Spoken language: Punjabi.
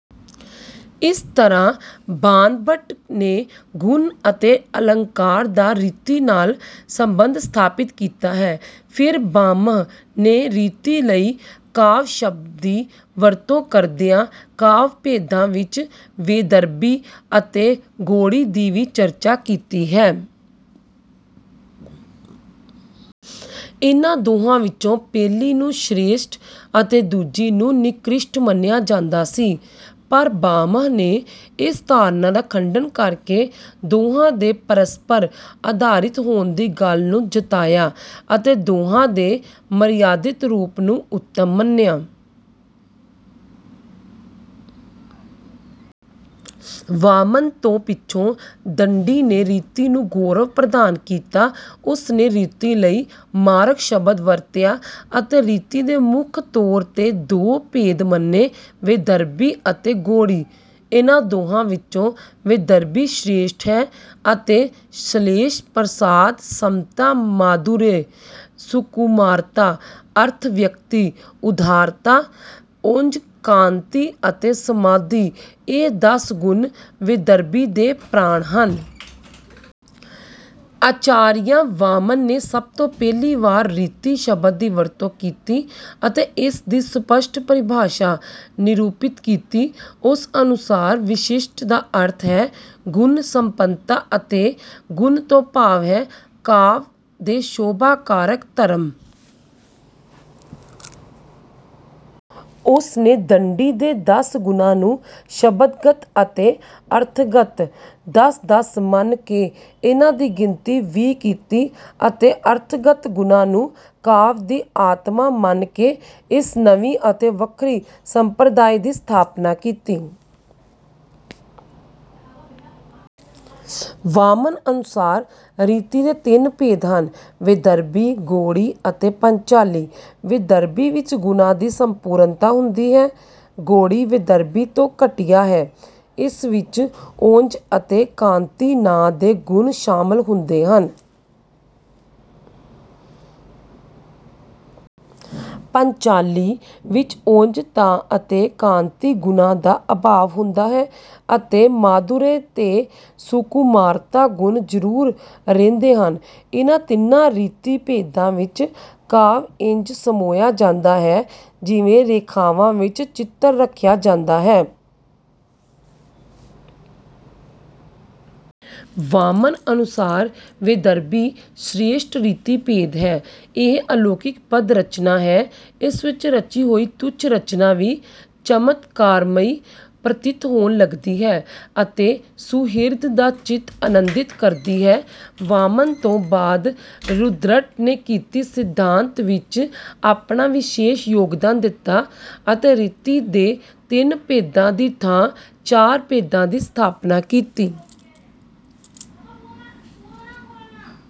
ਇਸ ਤਰ੍ਹਾਂ ਬਾਣਭੱਟ ਨੇ ਗੁਣ ਅਤੇ ਅਲੰਕਾਰ ਦਾ ਰੀਤੀ ਨਾਲ ਸਬੰਧ ਸਥਾਪਿਤ ਕੀਤਾ ਹੈ। ਫਿਰ ਭਾਮਹ ਨੇ ਰੀਤੀ ਲਈ ਕਾਵਿ ਸ਼ਬਦ ਦੀ ਵਰਤੋਂ ਕਰਦਿਆਂ ਕਾਵਿ ਭੇਦਾਂ ਵਿੱਚ ਵੈਦਰਭੀ ਅਤੇ ਗੌੜੀ ਦੀ ਵੀ ਚਰਚਾ ਕੀਤੀ ਹੈ। ਇਨ੍ਹਾਂ ਦੋਹਾਂ ਵਿੱਚੋਂ ਪਹਿਲੀ ਨੂੰ ਸ੍ਰੇਸ਼ਟ ਅਤੇ ਦੂਜੀ ਨੂੰ ਨਿਕ੍ਰਿਸ਼ਟ ਮੰਨਿਆ ਜਾਂਦਾ ਸੀ, ਪਰ ਭਾਮਹ ਨੇ ਇਸ ਧਾਰਨਾ ਦਾ ਖੰਡਨ ਕਰਕੇ ਦੋਹਾਂ ਦੇ ਪਰਸਪਰ ਅਧਾਰਿਤ ਹੋਣ ਦੀ ਗੱਲ ਨੂੰ ਜਤਾਇਆ ਅਤੇ ਦੋਹਾਂ ਦੇ ਮਰਯਾਦਿਤ ਰੂਪ ਨੂੰ ਉੱਤਮ ਮੰਨਿਆ। ਵਾਮਨ ਤੋਂ ਪਿੱਛੋਂ ਦੰਡੀ ਨੇ ਰੀਤੀ ਨੂੰ ਗੌਰਵ ਪ੍ਰਦਾਨ ਕੀਤਾ। ਉਸਨੇ ਰੀਤੀ ਲਈ 'ਮਾਰਗ' ਸ਼ਬਦ ਵਰਤਿਆ ਅਤੇ ਰੀਤੀ ਦੇ ਮੁੱਖ ਤੌਰ 'ਤੇ ਦੋ ਭੇਦ ਮੰਨੇ - ਵੈਦਰਭੀ ਅਤੇ ਗੌੜੀ। ਇਨ੍ਹਾਂ ਦੋਹਾਂ ਵਿੱਚੋਂ ਵੈਦਰਭੀ ਸ੍ਰੇਸ਼ਠ ਹੈ ਅਤੇ ਸ਼ਲੇਸ਼, ਪ੍ਰਸਾਦ, ਸਮਤਾ, ਮਾਧੁਰਯ, ਸੁਕੁਮਾਰਤਾ, ਅਰਥ-ਵਿਅਕਤੀ, ਉਦਾਰਤਾ, ਓਜ, ਕਾਂਤੀ ਅਤੇ ਸਮਾਧੀ ਇਹ ਦਸ ਗੁਣ ਵੈਦਰਭੀ ਦੇ ਪ੍ਰਾਣ ਹਨ। ਆਚਾਰੀਆ ਵਾਮਨ ਨੇ ਸਭ ਤੋਂ ਪਹਿਲੀ ਵਾਰ ਰੀਤੀ ਸ਼ਬਦ ਦੀ ਵਰਤੋਂ ਕੀਤੀ ਅਤੇ ਇਸ ਦੀ ਸਪੱਸ਼ਟ ਪਰਿਭਾਸ਼ਾ ਨਿਰੂਪਿਤ ਕੀਤੀ। ਉਸ ਅਨੁਸਾਰ ਵਿਸ਼ਿਸ਼ਟ ਦਾ ਅਰਥ ਹੈ ਗੁਣ-ਸੰਪੰਨਤਾ ਅਤੇ ਗੁਣ ਤੋਂ ਭਾਵ ਹੈ ਕਾਵਿ ਦੇ ਸ਼ੋਭਾ-ਕਾਰਕ ਧਰਮ। ਉਸਨੇ ਦੰਡੀ ਦੇ ਦਸ ਗੁਣਾਂ ਨੂੰ ਸ਼ਬਦਗਤ ਅਤੇ ਅਰਥਗਤ ਦਸ-ਦਸ ਮੰਨ ਕੇ ਇਨ੍ਹਾਂ ਦੀ ਗਿਣਤੀ ਵੀਹ ਕੀਤੀ ਅਤੇ ਅਰਥਗਤ ਗੁਣਾਂ ਨੂੰ ਕਾਵਿ ਦੀ ਆਤਮਾ ਮੰਨ ਕੇ ਇਸ ਨਵੀਂ ਅਤੇ ਵੱਖਰੀ ਸੰਪ੍ਰਦਾਇ ਦੀ ਸਥਾਪਨਾ ਕੀਤੀ। ਵਾਮਨ ਅਨੁਸਾਰ ਰੀਤੀ ਦੇ ਤਿੰਨ ਭੇਦ ਹਨ - ਵੈਦਰਭੀ, ਗੌੜੀ ਅਤੇ ਪਾਂਚਾਲੀ। ਵੈਦਰਭੀ ਵਿੱਚ ਗੁਣਾਂ ਦੀ ਸੰਪੂਰਨਤਾ ਹੁੰਦੀ ਹੈ। ਗੌੜੀ ਵੈਦਰਭੀ ਤੋਂ ਘਟੀਆ ਹੈ। ਇਸ ਵਿੱਚ ਓਜ ਅਤੇ ਕਾਂਤੀ ਨਾਂ ਦੇ ਗੁਣ ਸ਼ਾਮਲ ਹੁੰਦੇ ਹਨ। ਪਾਂਚਾਲੀ ਵਿੱਚ ਓਜ ਅਤੇ ਕਾਂਤੀ ਗੁਣਾਂ ਦਾ ਅਭਾਵ ਹੁੰਦਾ ਹੈ ਅਤੇ ਮਾਧੁਰਯ ਤੇ ਸੁਕੁਮਾਰਤਾ ਗੁਣ ਜ਼ਰੂਰ ਰਹਿੰਦੇ ਹਨ। ਇਨ੍ਹਾਂ ਤਿੰਨਾਂ ਰੀਤੀ ਭੇਦਾਂ ਵਿੱਚ ਕਾਵਿ ਇੰਜ ਸਮੋਇਆ ਜਾਂਦਾ ਹੈ ਜਿਵੇਂ ਰੇਖਾਵਾਂ ਵਿੱਚ ਚਿੱਤਰ ਰੱਖਿਆ ਜਾਂਦਾ ਹੈ। ਵਾਮਨ ਅਨੁਸਾਰ ਵੈਦਰਭੀ ਸ੍ਰੇਸ਼ਟ ਰੀਤੀ ਭੇਦ ਹੈ। ਇਹ ਅਲੌਕਿਕ ਪਦ-ਰਚਨਾ ਹੈ। ਇਸ ਵਿੱਚ ਰਚੀ ਹੋਈ ਤੁੱਛ ਰਚਨਾ ਵੀ ਚਮਤਕਾਰਮਈ ਪ੍ਰਤੀਤ ਹੋਣ ਲੱਗਦੀ ਹੈ ਅਤੇ ਸੁਹਿਰਦ ਦਾ ਚਿੱਤ ਆਨੰਦਿਤ ਕਰਦੀ ਹੈ। ਵਾਮਨ ਤੋਂ ਬਾਅਦ ਰੁਦ੍ਰਟ ਨੇ ਰੀਤੀ ਸਿਧਾਂਤ ਵਿੱਚ ਆਪਣਾ ਵਿਸ਼ੇਸ਼ ਯੋਗਦਾਨ ਦਿੱਤਾ ਅਤੇ ਰੀਤੀ ਦੇ ਤਿੰਨ ਭੇਦਾਂ ਦੀ ਥਾਂ ਚਾਰ ਭੇਦਾਂ ਦੀ ਸਥਾਪਨਾ ਕੀਤੀ।